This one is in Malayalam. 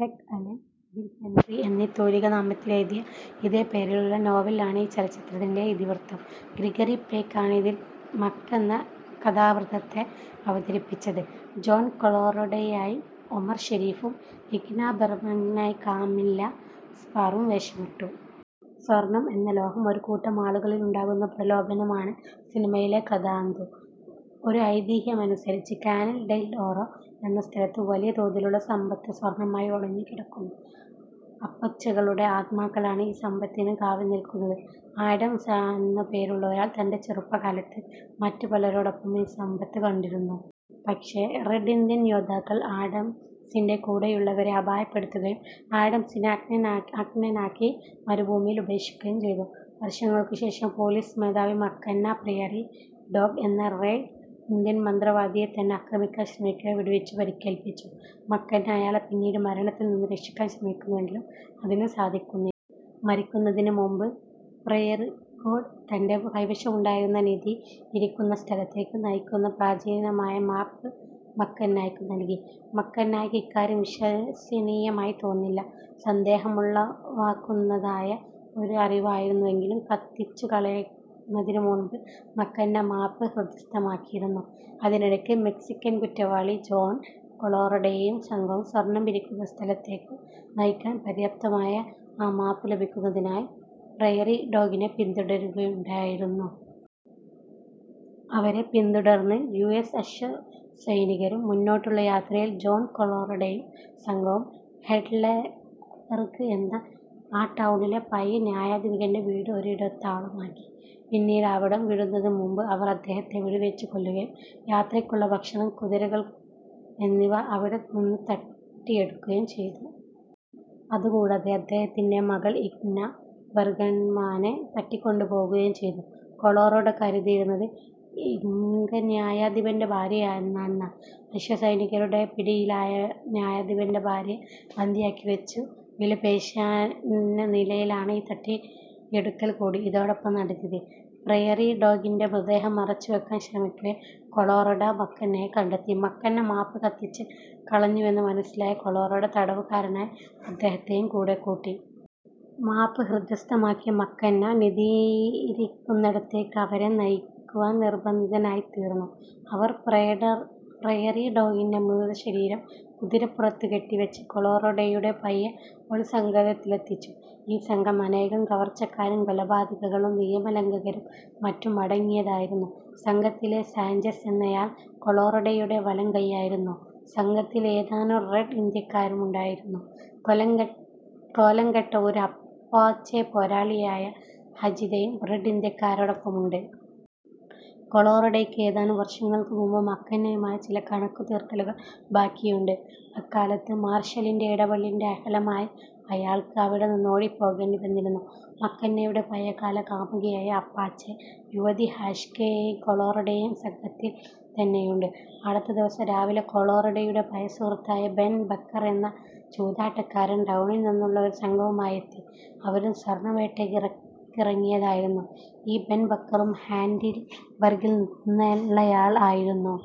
ഹെക് അലെൻ, വിൽ ഹെൻട്രി എന്ന തൂലികാ നാമത്തിൽ എഴുതിയ ഇതേ പേരിലുള്ള നോവൽ ആണ് ഈ ചലച്ചിത്രത്തിൻറെ ഇതിവൃത്തം. ഗ്രിഗറി പെക്ക് ആണ് ഇതിൽ മക്കെന്ന എന്നാ കേന്ദ്ര കഥാപാത്രത്തെ അവതരിപ്പിച്ചത്. ജോൺ കൊളറാഡോയായി ഒമർ ഷെരീഫും ഇഗ്ന ബർഗ്മാനായി കാമില്ല സ്പാർവും വേഷമിട്ടു. സ്വർണം എന്ന ലോഹം ഒരു കൂട്ടം ആളുകളിൽ ഉണ്ടാകുന്ന പ്രലോഭനം ആണ് സിനിമയിലെ കഥാതന്തു. ഒരു ഐതിഹ്യമനുസരിച്ച് "കാനൻ ഡെൽ ഓറോ" എന്ന സ്ഥലത്ത് വലിയ തോതിലുള്ള സമ്പത്ത് സ്വർണ്ണമായി ഒളിഞ്ഞു കിടക്കുന്നു. അപ്പാച്ചെകളുടെ ആത്മാക്കളാണ് ഈ സമ്പത്തിനു കാവൽ നില്ക്കുന്നത്. ആഡംസ് എന്നു പേരുള്ള ഒരാൾ തന്റെ ചെറുപ്പകാലത്ത് മറ്റു പലരോടൊപ്പം ഈ സമ്പത്ത് കണ്ടിരുന്നു. പക്ഷേ റെഡ് ഇന്ത്യൻ യോദ്ധാക്കൾ ആഡംസിന്റെ കൂടെയുള്ളവരെ അപായപ്പെടുത്തുകയും ആഡംസിനെ അന്ധനാക്കി മരുഭൂമിയിൽ ഉപേക്ഷിക്കുകയും ചെയ്തു. വർഷങ്ങൾക്കു ശേഷം പോലീസ് മേധാവി മക്കന്ന പ്രയറി ഡോഗ് എന്ന റെഡ് ഇന്ത്യൻ മന്ത്രവാദിയെ തന്നെ ആക്രമിക്കാൻ ശ്രമിക്കവേ വെടിവച്ചു പരിക്കേൽപ്പിച്ചു. മക്കന്ന അയാളെ പിന്നീട് മരണത്തിൽ നിന്നു രക്ഷിക്കാൻ ശ്രമിക്കുന്നുവെങ്കിലും അതിനു സാധിക്കുന്നില്ല. മരിക്കുന്നതിന് മുന്പ് പ്രയറിഡോഗ് തന്റെ കൈവശമുണ്ടായിരുന്ന നിധി ഇരിക്കുന്ന സ്ഥലത്തേയ്ക്കു നയിക്കുന്ന പ്രചീനമായ മാപ്പ് മക്കന്നായ്ക്കു നല്കി. മക്കന്നായ്ക്ക് ഇക്കാര്യം വിശ്വസനീയമായി തോന്നിയില്ല. സന്ദേഹമുളവാക്കുന്നതായ ഒരു അറിവായിരുന്നെങ്കിലും കത്തിച്ചു കളയുന്നതിനു മുമ്പ് മക്കന്ന മാപ്പ് ഹൃദിസ്ഥമാക്കിയിരുന്നു. അതിനിടയ്ക്ക്, മെക്സിക്കൻ കുറ്റവാളി ജോൺ കൊളറാഡൊയും സംഘവും സ്വർണ്ണം ഇരിക്കുന്ന സ്ഥലത്തേയ്ക്കു നയിക്കാൻ പര്യാപ്തമായ ആ മാപ്പു ലഭിക്കുന്നതിനായി പ്രയറിഡോഗിനെ പിന്തുടരുന്നുണ്ടായിരുന്നു. അവരെ പിന്തുടർന്ന് യു. എസ്. അശ്വസൈനികരും. മുന്നോട്ടുള്ള യാത്രയിൽ ജോൺ കൊളറാഡൊയും സംഘവും ഹാഡ്ലെബർഗ് എന്ന ആ ടൌണിലെ പഴയ ന്യായാധിപന്റെ വീട് ഒരു ഇടത്താവളമാക്കി. പിന്നീട് അവിടം വിടുന്നതിനു മുമ്പ് അവർ അദ്ദേഹത്തെ വെടിവച്ചു കൊല്ലുകയും യാത്രയ്ക്കുള്ള ഭക്ഷണം, കുതിരകൾ എന്നിവ അവിടെ നിന്നു തട്ടിയെടുക്കുകയും ചെയ്തു. അതുകൂടാതെ അദ്ദേഹത്തിന്റെ മകൾ ഇന്ഗ ബർഗ്മാനെ തട്ടിക്കൊണ്ടു പോകുകയും ചെയ്തു. കൊളറാഡോ കരുതിയത് ഇന്ഗ ന്യായാധിപന്റെ ഭാര്യയാണെന്നാണ്. അശ്വസൈനികുരുടെ പിടിയിലായാൽ ന്യായാധിപന്റെ ഭാര്യയെ ബന്ദിയാക്കിവച്ചു വിലപേശലിനായാണ് ഈ തട്ടിയെടുക്കൽകൂടി ഇതോടൊപ്പം നടത്തിയത്. പ്രയറിഡോഗിന്റെ മൃതദേഹം മറവുചെയ്യാൻ ശ്രമിക്കവേ കൊളറാഡൊ, മക്കന്നയെ കണ്ടെത്തി. മക്കന്ന മാപ്പ് കത്തിച്ച കളഞ്ഞുവെന്നു മനസ്സിലായ കൊളറാഡൊ തടവുകാരനായി അദ്ദേഹത്തെയും കൂടെക്കൂട്ടി. മാപ്പ് ഹൃദിസ്ഥമാക്കിയ മക്കന്ന നിധിയിരിക്കുന്നിടത്തേയ്ക്കു അവരെ നയിക്കുവാൻ നിർബന്ധിതനായിത്തീർന്നു. അവർ പ്രയറിഡോഗിന്റെ മൃതശരീരം കുതിരപ്പുറത്തു കെട്ടിവച്ച് കൊളറാഡോയുടെ പഴയ ഒളിസങ്കേതിത്തിലെത്തിച്ചു. ഈ സംഘം അനേകം കവർച്ചക്കാരും കൊലപാതകികളും നിയമലംഘകരും മറ്റും അടങ്ങിയതായിരുന്നു. സംഘത്തിലെ സാഞ്ചസ് എന്നയാൾ കൊളറാഡോയുടെ വലംകൈയായിരുന്നു. സംഘത്തിൽ ഏതാനും റെഡ് ഇന്ത്യക്കാരുമുണ്ടായിരുന്നു. കോലംകെട്ട ഒരു അപ്പാച്ചെ പോരാളിയായ ഹചിതയും റെഡ് ഇന്ത്യാക്കാരോടൊപ്പമുണ്ട്. കൊളറാഡൊയ്ക്കു ഏതാനും വർഷങ്ങൾക്കു മുന്പ് മക്കന്നായുമായി ചില കണക്കു തീർക്കലുകൾ ബാക്കിയുണ്ട്. അക്കാലത്ത് മാർഷലിന്റെ ഇടപെടലിന്റെ ഫലമായി അയാള്ക്ക് അവിടെ നിന്ന് ഓടിപ്പോകേണ്ടി വന്നിരുന്നു. മക്കന്നയുടെ പഴയകാല കാമുകിയായ അപ്പാച്ചെ യുവതി ഹാഷ്കെ യും കൊളറാഡോയുടെ സംഘത്തില്ത്തന്നെയുണ്ട്. അടുത്ത ദിവസം രാവിലെ കൊളറാഡോയുടെ പഴയ സുഹൃത്തായ ബെൻ ബക്കർ എന്ന ചൂതാട്ടക്കാരൻ ടൌണിൽ നിന്നുള്ള ഒരു സംഘവുമായെത്തി. അവരും സ്വർണ്ണവേട്ടയ്ക്കിറങ്ങയതായിരുന്നു. ഈ ബെൻ ബക്കറും ഹാഡിൽബർഗിൽ നിന്നള്ളയാള് ആയിരുന്നു.